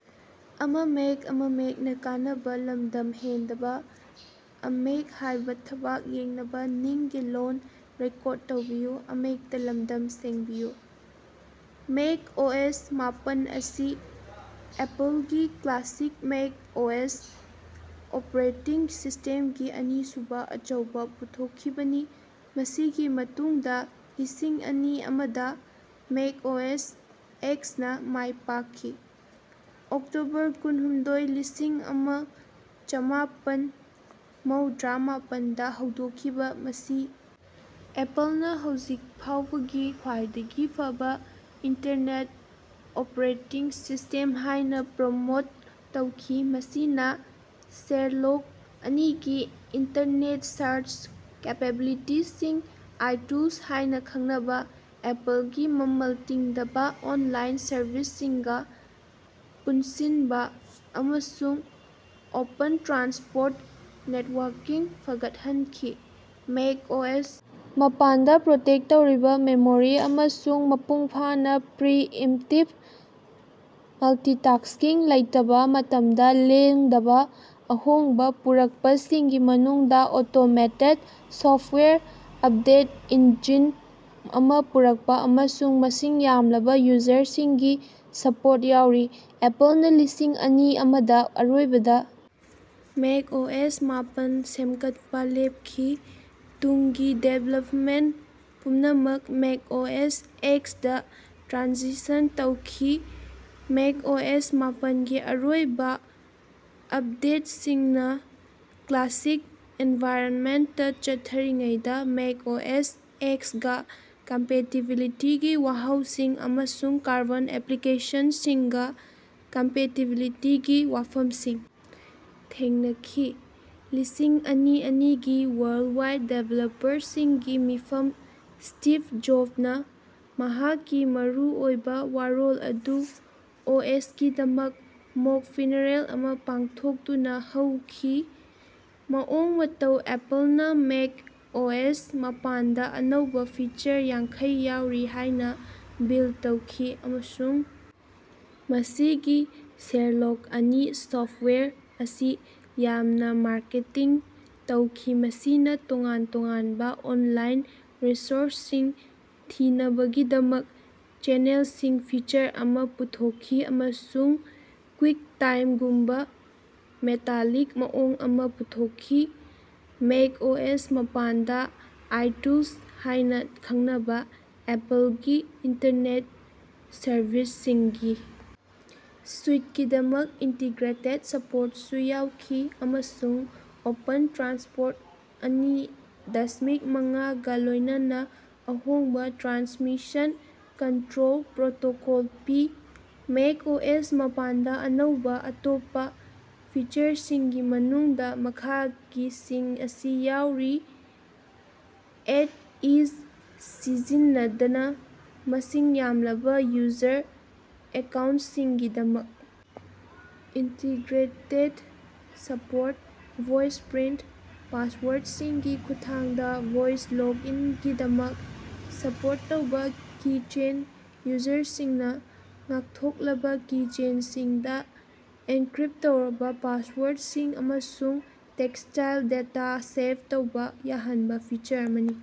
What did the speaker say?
Make OS ꯃꯥꯄꯟ ꯑꯁꯤ ꯑꯦꯄꯜꯒꯤ ꯀ꯭ꯂꯥꯁꯤꯛ ꯃꯦꯛ ꯑꯣꯑꯦꯁ ꯑꯣꯄꯔꯦꯇꯤꯡ ꯁꯤꯁꯇꯦꯝꯒꯤ ꯑꯅꯤꯁꯨꯕ ꯑꯆꯧꯕ ꯄꯨꯊꯣꯛꯈꯤꯕꯅꯤ ꯃꯁꯤꯒꯤ ꯃꯇꯨꯡꯗ ꯂꯤꯁꯤꯡ ꯑꯅꯤ ꯑꯃꯗꯥ ꯃꯦꯛ ꯑꯣꯑꯦꯁ ꯑꯦꯛꯁ ꯅꯥ ꯃꯥꯏ ꯄꯥꯛꯈꯤ꯫ ꯑꯣꯛꯇꯣꯕꯔ ꯀꯨꯟꯍꯨꯝꯗꯣꯏ ꯂꯤꯁꯤꯡ ꯑꯃ ꯆꯃꯥꯄꯟ ꯃꯧꯗ꯭ꯔꯥ ꯃꯥꯄꯟꯗ ꯍꯧꯗꯣꯛꯈꯤꯕ ꯃꯁꯤ ꯑꯦꯄꯜꯅꯥ ꯍꯧꯖꯤꯛ ꯐꯥꯎꯕꯒꯤ ꯈ꯭ꯋꯥꯏꯗꯒꯤ ꯐꯕ ꯏꯟꯇꯔꯅꯦꯠ ꯑꯣꯄꯔꯦꯇꯤꯡ ꯁꯤꯁ꯭ꯇꯦꯝ ꯍꯥꯏꯅ ꯄ꯭ꯔꯃꯣꯠ ꯇꯧꯈꯤ ꯃꯁꯤꯅꯥ ꯁꯦꯔꯂꯣꯛ ꯑꯅꯤꯒꯤ ꯏꯟꯇꯔꯅꯦꯠ ꯁꯥꯔꯆ ꯀꯦꯄꯦꯕꯤꯂꯤꯇꯤꯁꯤꯡ ꯑꯥꯏꯇꯨꯜꯁ ꯍꯥꯏꯅ ꯈꯪꯅꯕ ꯑꯦꯄꯜꯒꯤ ꯃꯃꯜ ꯇꯤꯡꯗꯕ ꯑꯣꯟꯂꯥꯏꯟ ꯁꯔꯚꯤꯁꯁꯤꯡꯒꯥ ꯄꯨꯟꯁꯤꯟꯕ ꯑꯃꯁꯨꯡ ꯑꯣꯄꯟ ꯇ꯭ꯔꯥꯟꯁꯄꯣꯔꯠ ꯅꯦꯠꯋꯥꯔꯀꯤꯡ ꯐꯒꯠꯍꯟꯈꯤ꯫ ꯃꯦꯛ ꯑꯣꯑꯦꯁ ꯃꯥꯄꯟꯗ ꯄ꯭ꯔꯣꯇꯦꯛ ꯇꯧꯔꯕ ꯃꯦꯃꯣꯔꯤ ꯑꯃꯁꯨꯡ ꯃꯄꯨꯡ ꯐꯥꯅꯥ ꯄ꯭ꯔꯤ ꯏꯝꯞꯇꯤꯕ ꯃꯜꯇꯤꯇꯥꯁ꯭ꯀꯤꯡ ꯂꯩꯇꯕ ꯃꯇꯝꯗ ꯂꯦꯡꯗꯕ ꯑꯍꯣꯡꯕ ꯄꯨꯔꯛꯄꯁꯤꯡꯒꯤ ꯃꯅꯨꯡꯗ ꯑꯣꯇꯣꯃꯦꯇꯦꯗ ꯁꯣꯐ꯭ꯇꯋꯦꯌꯔ ꯑꯄꯗꯦꯠ ꯏꯟꯖꯤꯟ ꯑꯃꯥ ꯄꯨꯔꯛꯄ ꯑꯃꯁꯨꯡ ꯃꯁꯤꯡ ꯌꯥꯝꯂꯕ ꯌꯨꯖꯔꯁꯤꯡꯒꯤ ꯁꯄꯣꯔꯠ ꯌꯥꯎꯔꯤ꯫ ꯑꯦꯄꯜꯅꯥ ꯂꯤꯁꯤꯡ ꯑꯅꯤ ꯑꯃꯗꯥ ꯑꯔꯣꯏꯕꯗ ꯃꯦꯛ ꯑꯣꯑꯦꯁ ꯃꯥꯄꯟ ꯁꯦꯝꯒꯠꯄꯥ ꯂꯦꯞꯈꯤ ꯇꯨꯡꯒꯤ ꯗꯤꯕꯦꯂꯞꯃꯦꯟꯠ ꯄꯨꯝꯅꯃꯛ ꯃꯦꯛ ꯑꯣꯑꯦꯁ ꯑꯦꯛꯁ ꯗ ꯇ꯭ꯔꯥꯟꯁꯤꯁꯟ ꯇꯧꯈꯤ꯫ ꯃꯦꯛ ꯑꯣꯑꯦꯁ ꯃꯥꯄꯟꯒꯤ ꯑꯔꯣꯏꯕ ꯑꯞꯗꯦꯠꯁꯤꯡꯅ ꯀ꯭ꯂꯥꯁꯤꯛ ꯑꯦꯟꯚꯥꯏꯔꯅꯃꯦꯟꯇꯥ ꯆꯠꯊꯔꯤꯉꯩꯗ ꯃꯦꯛ ꯑꯣꯑꯦꯁ ꯑꯦꯛꯁ ꯒꯥ ꯀꯝꯄꯦꯇꯤꯕꯤꯂꯤꯇꯤꯒꯤ ꯋꯥꯍꯧꯁꯤꯡ ꯑꯃꯁꯨꯡ ꯀꯥꯔꯕꯣꯟ ꯑꯦꯄ꯭ꯂꯤꯀꯦꯁꯟꯁꯤꯡꯒꯥ ꯀꯝꯄꯦꯇꯤꯕꯤꯂꯤꯇꯤꯒꯤ ꯋꯥꯐꯝꯁꯤꯡ ꯊꯦꯡꯅꯈꯤ꯫ ꯂꯤꯁꯤꯡ ꯑꯅꯤ ꯑꯅꯤꯒꯤ ꯋꯥꯔꯜꯗꯋꯥꯏꯗ ꯗꯤꯕꯦꯂꯞꯄꯔꯁꯤꯡꯒꯤ ꯃꯤꯐꯝꯗ ꯁ꯭ꯇꯤꯚ ꯖꯣꯕꯅꯥ ꯃꯍꯥꯛꯀꯤ ꯃꯔꯨꯑꯣꯏꯕ ꯋꯥꯔꯣꯜ ꯑꯗꯨ ꯑꯣꯑꯦꯁꯀꯤꯗꯃꯛ ꯃꯣꯛ ꯐꯤꯟꯔꯦꯜ ꯑꯃꯥ ꯄꯥꯡꯊꯣꯛꯇꯨꯅꯥ ꯍꯧꯈꯤ꯫ ꯃꯑꯣꯡ ꯃꯇꯧ ꯑꯦꯄꯜꯅꯥ ꯃꯦꯛ ꯑꯣꯑꯦꯁ ꯃꯥꯄꯟꯗꯥ ꯑꯅꯧꯕ ꯐꯤꯆꯔ ꯌꯥꯡꯈꯩ ꯌꯥꯎꯔꯤ ꯍꯥꯏꯅꯥ ꯕꯤꯜ ꯇꯧꯈꯤ ꯑꯃꯁꯨꯡ ꯃꯁꯤꯒꯤ ꯁꯦꯔꯂꯣꯛ ꯑꯅꯤ ꯁꯣꯐ꯭ꯇꯋꯦꯌꯔ ꯑꯁꯤ ꯌꯥꯝꯅꯥ ꯃꯥꯔꯀꯦꯇꯤꯡ ꯇꯧꯈꯤ ꯃꯁꯤꯅꯥ ꯇꯣꯉꯥꯟ ꯇꯣꯉꯥꯟꯕ ꯑꯣꯟꯂꯥꯏꯟ ꯔꯤꯁꯣꯔꯁꯁꯤꯡ ꯊꯤꯅꯕꯒꯤꯗꯃꯛ ꯆꯦꯅꯦꯜꯁꯤꯡ ꯐꯤꯆꯔ ꯑꯃꯥ ꯄꯨꯊꯣꯛꯈꯤ ꯑꯃꯁꯨꯡ ꯀ꯭ꯋꯤꯛꯇꯥꯏꯝꯒꯨꯝꯕ ꯃꯦꯇꯥꯂꯤꯛ ꯃꯑꯣꯡ ꯑꯃꯥ ꯄꯨꯊꯣꯛꯈꯤ꯫ ꯃꯦꯛ ꯑꯣꯑꯦꯁ ꯃꯥꯄꯟꯗꯥ ꯑꯥꯏꯇꯨꯜꯁ ꯍꯥꯏꯅ ꯈꯪꯅꯕ ꯑꯦꯄꯜꯒꯤ ꯏꯟꯇꯔꯅꯦꯠ ꯁꯔꯚꯤꯁꯁꯤꯡꯒꯤ ꯁꯨꯏꯠꯀꯤꯗꯃꯛ ꯏꯟꯇꯤꯒ꯭ꯔꯦꯇꯦꯗ ꯁꯄꯣꯔꯠꯁꯨ ꯌꯥꯎꯈꯤ ꯑꯃꯁꯨꯡ ꯑꯣꯄꯟ ꯇ꯭ꯔꯥꯟꯁꯄꯣꯔꯠ ꯑꯅꯤ ꯗꯁꯃꯤꯛ ꯃꯉꯥꯒꯥ ꯂꯣꯏꯅꯅ ꯑꯍꯣꯡꯕ ꯇ꯭ꯔꯥꯟꯁꯃꯤꯁꯟ ꯀꯟꯇ꯭ꯔꯣꯜ ꯄ꯭ꯔꯣꯇꯣꯀꯣꯜ ꯄꯤ꯫ ꯃꯦꯛ ꯑꯣꯑꯦꯁ ꯃꯥꯄꯟꯗꯥ ꯑꯅꯧꯕ ꯑꯇꯣꯞꯄ ꯐꯤꯆꯔꯁꯤꯡꯒꯤ ꯃꯅꯨꯡꯗ ꯃꯈꯥꯒꯤꯁꯤꯡ ꯑꯁꯤ ꯌꯥꯎꯔꯤ ꯑꯦꯠ ꯏꯖ ꯁꯤꯖꯤꯟꯅꯗꯅꯥ ꯃꯁꯤꯡ ꯌꯥꯝꯂꯕ ꯌꯨꯖꯔ ꯑꯦꯀꯥꯎꯟꯠꯁꯤꯡꯒꯤꯗꯃꯛ ꯏꯟꯇꯤꯒ꯭ꯔꯦꯇꯦꯗ ꯁꯄꯣꯔꯠ ꯚꯣꯏꯁꯄ꯭ꯔꯤꯟꯠ ꯄꯥꯁꯋꯥꯔꯗꯁꯤꯡꯒꯤ ꯈꯨꯠꯊꯥꯡꯗ ꯚꯣꯏꯁ ꯂꯣꯒ ꯏꯟꯒꯤꯗꯃꯛ ꯁꯄꯣꯔꯠ ꯇꯧꯕ ꯀꯤꯆꯦꯟ ꯌꯨꯖꯔꯁꯤꯡꯅꯥ ꯉꯥꯛꯊꯣꯛꯂꯕ ꯀꯤꯆꯦꯟꯁꯤꯡꯗ ꯑꯦꯟꯀ꯭ꯔꯤꯞ ꯇꯧꯔꯕ ꯄꯥꯁꯋꯥꯔꯗꯁꯤꯡ ꯑꯃꯁꯨꯡ ꯇꯦꯛꯁꯇꯥꯏꯜ ꯗꯦꯇꯥ ꯁꯦꯚ ꯇꯧꯕ ꯌꯥꯍꯟꯕ ꯐꯤꯆꯔ ꯑꯃꯅꯤ꯫